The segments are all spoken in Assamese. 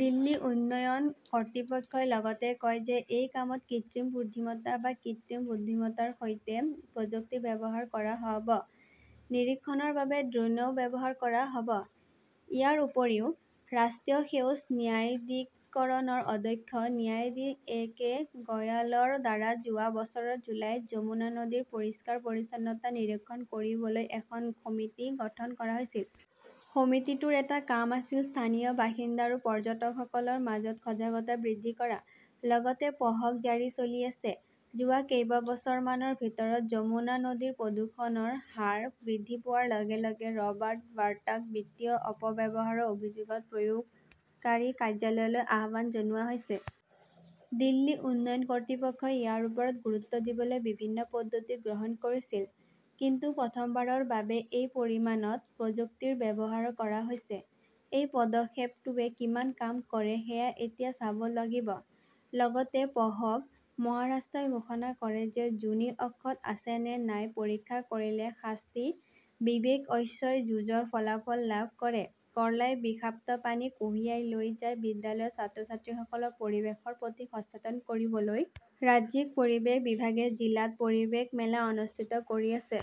দিল্লী উন্নয়ন কৰ্তৃপক্ষই লগতে কয় যে এই কামত কৃত্ৰিম বুদ্ধিমত্তা বা কৃত্ৰিম বুদ্ধিমত্তাৰ সৈতে প্ৰযুক্তি ব্যৱহাৰ কৰা হ 'ব; নিৰীক্ষণৰ বাবে ড্ৰোনও ব্যৱহাৰ কৰা হ' ব। ইয়াৰ উপৰিও, ৰাষ্ট্ৰীয় সেউজ ন্যায়াধিকৰণৰ অধ্যক্ষ ন্যায়াধীশ এ কে গয়ালৰ দ্বাৰা যোৱা বছৰৰ জুলাইত যমুনা নদীৰ পৰিষ্কাৰ-পৰিচ্ছন্নতা নিৰীক্ষণ কৰিবলৈ এখন সমিতি গঠন কৰা হৈছিল। সমিতিটোৰ এটা কাম আছিল স্থানীয় বাসিন্দা আৰু পৰ্যটকসকলৰ মাজত সজাগতা বৃদ্ধি কৰা। লগতে পঢ়কঃ জাৰী চলি আছে, যোৱা কেইবছৰমানৰ ভিতৰত যমুনা নদীৰ প্ৰদূষণৰ হাৰ বৃদ্ধি পোৱাৰ লগে লগে ৰবাৰ্ট ৱাড্ৰাক বিত্তীয় অপব্যৱহাৰৰ অভিযোগত প্ৰয়োগকাৰী কাৰ্যালয়লৈ আহ্বান জনোৱা হৈছে। দিল্লী উন্নয়ন কৰ্তৃপক্ষই ইয়াৰ ওপৰত গুৰুত্ব দিবলৈ বিভিন্ন পদ্ধতি গ্ৰহণ কৰিছিল। কিন্তু প্ৰথমবাৰৰ বাবে এই পৰিমাণত প্ৰযুক্তিৰ ব্যৱহাৰ কৰা হৈছে। এই পদক্ষেপটোৱে কিমান কাম কৰে সেয়া এতিয়া চাব লাগিব। লগতে পঢ়কঃ মহাৰাষ্ট্ৰই ঘোষণা কৰে যে যোনি অক্ষত আছে নে নাই পৰীক্ষা কৰিলে শাস্তি, বিবেক-ঐশ্বৰ্যই যুঁজৰ ফলাফল লাভ কৰে কৰ্লাই বিষাক্ত পানী কঢ়িয়াই লৈ যায় বিদ্যালয়ৰ ছাত্ৰ-ছাত্ৰীসকলক পৰিৱেশৰ প্ৰতি সচেতন কৰিবলৈ ৰাজ্যিক পৰিৱেশ বিভাগে জিলাত পৰিৱেশ মেলা অনুষ্ঠিত কৰি আছে।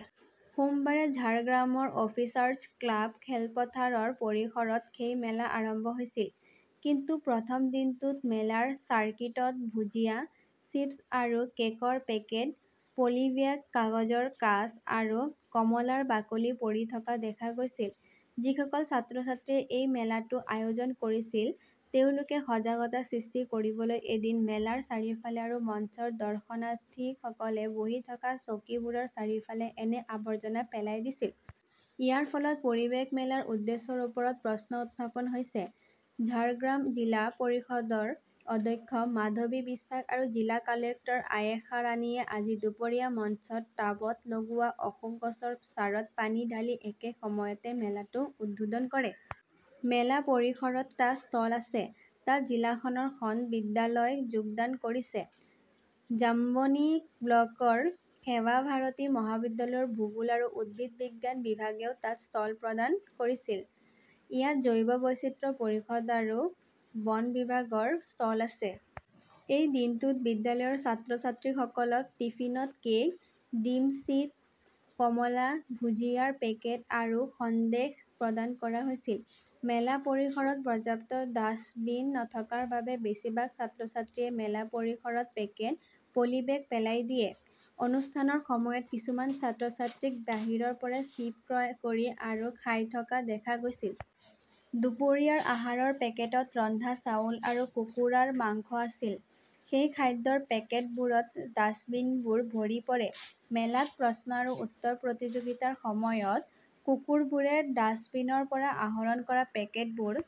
সোমবাৰে ঝাৰগ্ৰামৰ অফিচাৰ্ছ ক্লাব খেলপথাৰৰ পৰিসৰত সেই মেলা আৰম্ভ হৈছিল। কিন্তু প্ৰথম দিনটোত মেলাৰ চাৰ্কিটত ভুজিয়া, চিপছ আৰু কেকৰ পেকেট, পলিব্যাগ, কাগজৰ কাঁচ আৰু কমলাৰ বাকলি পৰি থকা দেখা গৈছিল। যিসকল ছাত্ৰ-ছাত্ৰীয়ে এই মেলাটো আয়োজন কৰিছিল, তেওঁলোকে সজাগতা সৃষ্টি কৰিবলৈ এদিন মেলাৰ চাৰিওফালে আৰু মঞ্চৰ দৰ্শনাৰ্থীসকলে বহি থকা চকীবোৰৰ চাৰিওফালে এনে আৱৰ্জনা পেলাই দিছিল। ইয়াৰ ফলত পৰিৱেশ মেলাৰ উদ্দেশ্যৰ ওপৰত প্ৰশ্ন উত্থাপন হৈছে। ঝাৰগ্ৰাম জিলা পৰিষদৰ অধ্যক্ষ মাধৱী বিশ্বাস আৰু জিলা কালেক্টৰ আয়েশা ৰাণীয়ে আজি দুপৰীয়া মঞ্চত টাবত লগোৱা অশোক গছৰ চাৰত পানী ঢালি একে সময়তে মেলাটো উদ্বোধন কৰে। মেলা পৰিসৰত টা ষ্টল আছে। তাত জিলাখনৰ খন বিদ্যালয় যোগদান কৰিছে। জাম্বনী ব্লকৰ সেৱা ভাৰতী মহাবিদ্যালয়ৰ ভূগোল আৰু উদ্ভিদ বিজ্ঞান বিভাগেও তাত ষ্টল প্ৰদান কৰিছিল। ইয়াত জৈৱ বৈচিত্ৰ্য পৰিষদ আৰু বন বিভাগৰ ষ্টল আছে। এই দিনটোত বিদ্যালয়ৰ ছাত্ৰ-ছাত্ৰীসকলক টিফিনত কেক, ডিমছিদ, কমলা, ভুজিয়াৰ পেকেট আৰু সন্দেশ প্ৰদান কৰা হৈছিল। মেলা পৰিসৰত পৰ্যাপ্ত ডাস্টবিন নথকাৰ বাবে বেছিভাগ ছাত্ৰ-ছাত্ৰীয়ে মেলা পৰিসৰত পেকেট, পলিবেগ পেলাই দিয়ে। অনুষ্ঠানৰ সময়ত কিছুমান ছাত্ৰ-ছাত্ৰীক বাহিৰৰ পৰা চিপ ক্ৰয় কৰি আৰু খাই থকা দেখা গৈছিল। দুপৰীয়াৰ আহাৰৰ পেকেটত ৰন্ধা চাউল আৰু কুকুৰাৰ মাংস আছিল। সেই খাদ্যৰ পেকেটবোৰত ডাষ্টবিনবোৰ ভৰি পৰে। মেলাত প্ৰশ্ন আৰু উত্তৰ প্ৰতিযোগিতাৰ সময়ত, কুকুৰবোৰে ডাস্টবিনৰ পৰা আহৰণ কৰা পেকেটবোৰ